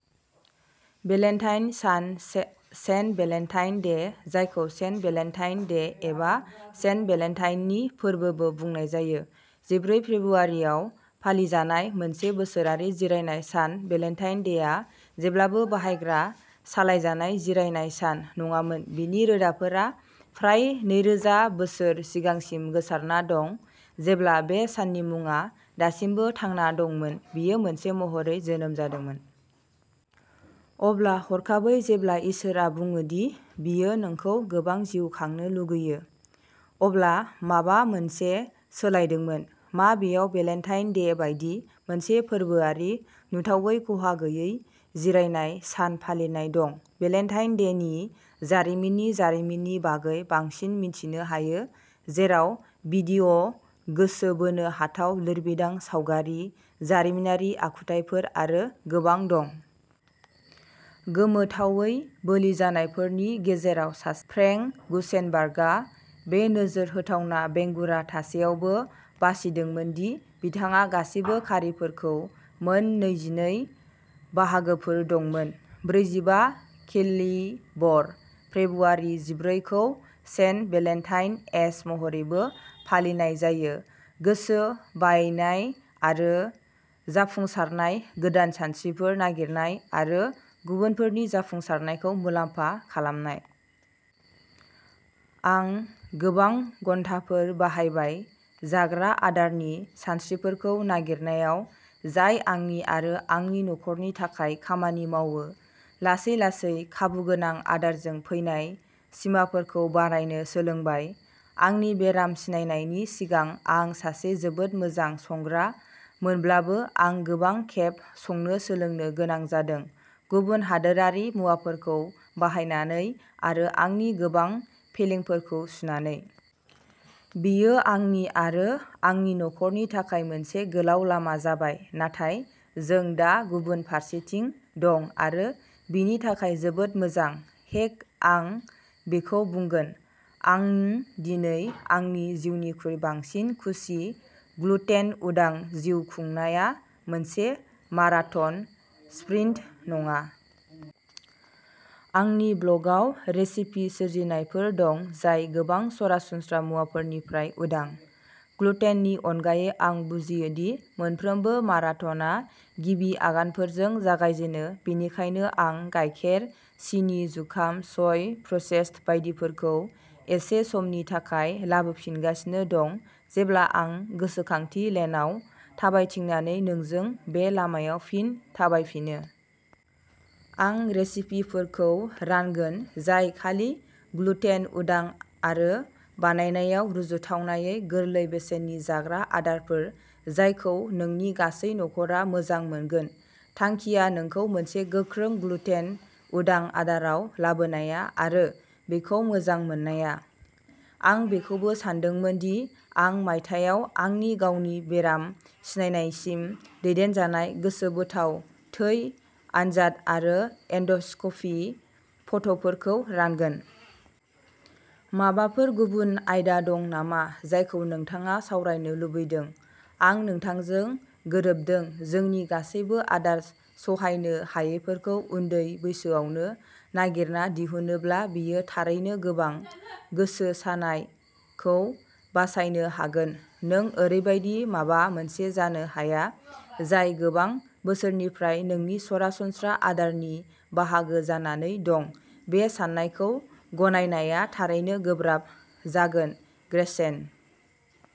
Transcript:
Valentine सान, Saint Valentine Day, जायखौ Saint Valentine Day एबा सेन्ट भेलेन्टाइननि फोरबोबो बुंनाय जायो, जिब्रै फेब्रुवारियाव फालिजानाय मोनसे बोसोरारि जिरायनाय सान। भेलेन्टाइन डेआ जेब्लाबो बाहायग्रा-सालायजानाय जिरायनाय सान नङामोन बेनि रोदाफोरा फ्राय नैरोजा बोसोर सिगांसिम गोसारना दं जेब्ला बे साननि मुङा दासिमबो थांना दंमोन, बेयो मोनसे महरै जोनोम जादोंमोन। अब्ला हरखाबै जेब्ला इसोरा बुङो दि बियो नोंखौ गोबां जिउ खांनो लुगैयो, अब्ला माबा मोनसे सोलायदोंमोन, मा बेयाव भेलेन्टाइन डे बायदि मोनसे फोरबोआरि, नुथावै खहा गैयै जिरायनाय सान फालिनाय दं? भेलेन्टाइन डेनि जारिमिननि जारिमिननि बागै बांसिन मिथिनो हायो, जेराव भिडिअ, गोसो बोनो हाथाव लिरबिदां, सावगारि, जारिमिनारि आखुथायफोर आरो गोबां दं। गोमोथावै, बोलिजानायफोरनि गेजेराव सासे, फ्रेंक गुसेनबार्गआ बे नोजोर होथावना बेंगुरा थासेयावबो बासिदोंमोन दि बिथांहा गासिबो खारिफोरखौ मोन नैजिनै बाहागोफोर दंमोन। ब्रैजिबा-केलिबर फेब्रुवारि जिब्रै खौ सेन्ट भेलेन्टाइन एस महरैबो फालिनाय जायो। गोसो बायनाय आरो जाफुंसारनाय, गोदान सानस्रिफोर नागिरनाय, आरो गुबुनफोरनि जाफुंसारनायखौ मुलामफा खालामनाय। आं गोबां घन्टाफोर बाहायबाय जाग्रा आदारनि सानस्रिफोरखौ नागिरनायाव जाय आंनि आरो आंनि नखरनि थाखाय खामानि मावो, लासै-लासै खाबुगोनां आदारजों फैनाय सिमाफोरखौ बारायनो सोलोंबाय। आंनि बेराम सिनायनायनि सिगां आं सासे जोबोद मोजां संग्रा मोनब्लाबो आं गोबां खेब संनो सोलोंनो गोनां जादों, गुबुन हादोरारि मुवाफोरखौ बाहायनानै आरो आंनि गोबां फेलेंफोरखौ सुनानै। बेयो आंनि आरो आंनि नखरनि थाखाय मोनसे गोलाव लामा जाबाय, नाथाय जों दा गुबुन फारसेथिं दं आरो बेनि थाखाय जोबोद मोजां। हेक आं बेखौ बुंगोन। आं दिनै आंनि जिउनिख्रुइ बांसिन खुसि ग्लुटेन-उदां जिउ खुंनाया मोनसे माराथन, स्प्रिन्ट नङा। आंनि ब्लग आव रेसिपि सोरजिनायफोर दं जाय गोबां सरासनस्रा मुवाफोरनिफ्राय उदां। ग्लुटेननि अनगायै आं बुजियो दि मोनफ्रोमबो माराथनआ गिबि आगानफोरजों जागायजेनो, बेनिखायनो आं गाइखेर, सिनि, जुखाम, सय, प्रसेस्ड बायदिफोरखौ एसे समनि थाखाय लाबोफिनगासिनो दं, जेब्ला आं गोसोखांथि लेनआव थाबायथिंनानै नोंजों बे लामायाव फिन थाबायफिनो। आं रेसिपिफोरखौ रानगोन जाय खालि ग्लुटेन-उदां आरो बानायनायाव रुजुथावनायै गोरलै बेसेननि, जाग्रा आदारफोर जायखौ नोंनि गासै नखरा मोजां मोनगोन। थांखिया नोंखौ मोनसे गोख्रों ग्लुटेन-उदां आदाराव लाबोनाया आरो बेखौ मोजां मोननाया। आं बेखौबो सानदोंमोन दि आं मायथाइयाव आंनि गावनि बेराम सिनायनायसिम दैदेनजानाय गोसोबोथाव थै आनजाद आरो एन्डस्कपि फट'फोरखौ रानगोन। माबाफोर गुबुन आयदा दं नामा जायखौ नोंथाङा सावरायनो लुबैदों? आं नोंथांजों गोरोबदों। जोंनि गासैबो आदार सहायनो हायैफोरखौ उन्दै बैसोआवनो नागिरना दिहुनोब्ला बेयो थारैनो गोबां "गोसो सानाय" खौ बासायनो हागोन। नों ओरैबायदि माबा मोनसे जानो हाया, जाय गोबां बोसोरनिफ्राय नोंनि सरासनस्रा आदारनि बाहागो जानानै दं, बे साननायखौ गनायनाया थारैनो गोब्राब जागोन ग्रेचेन।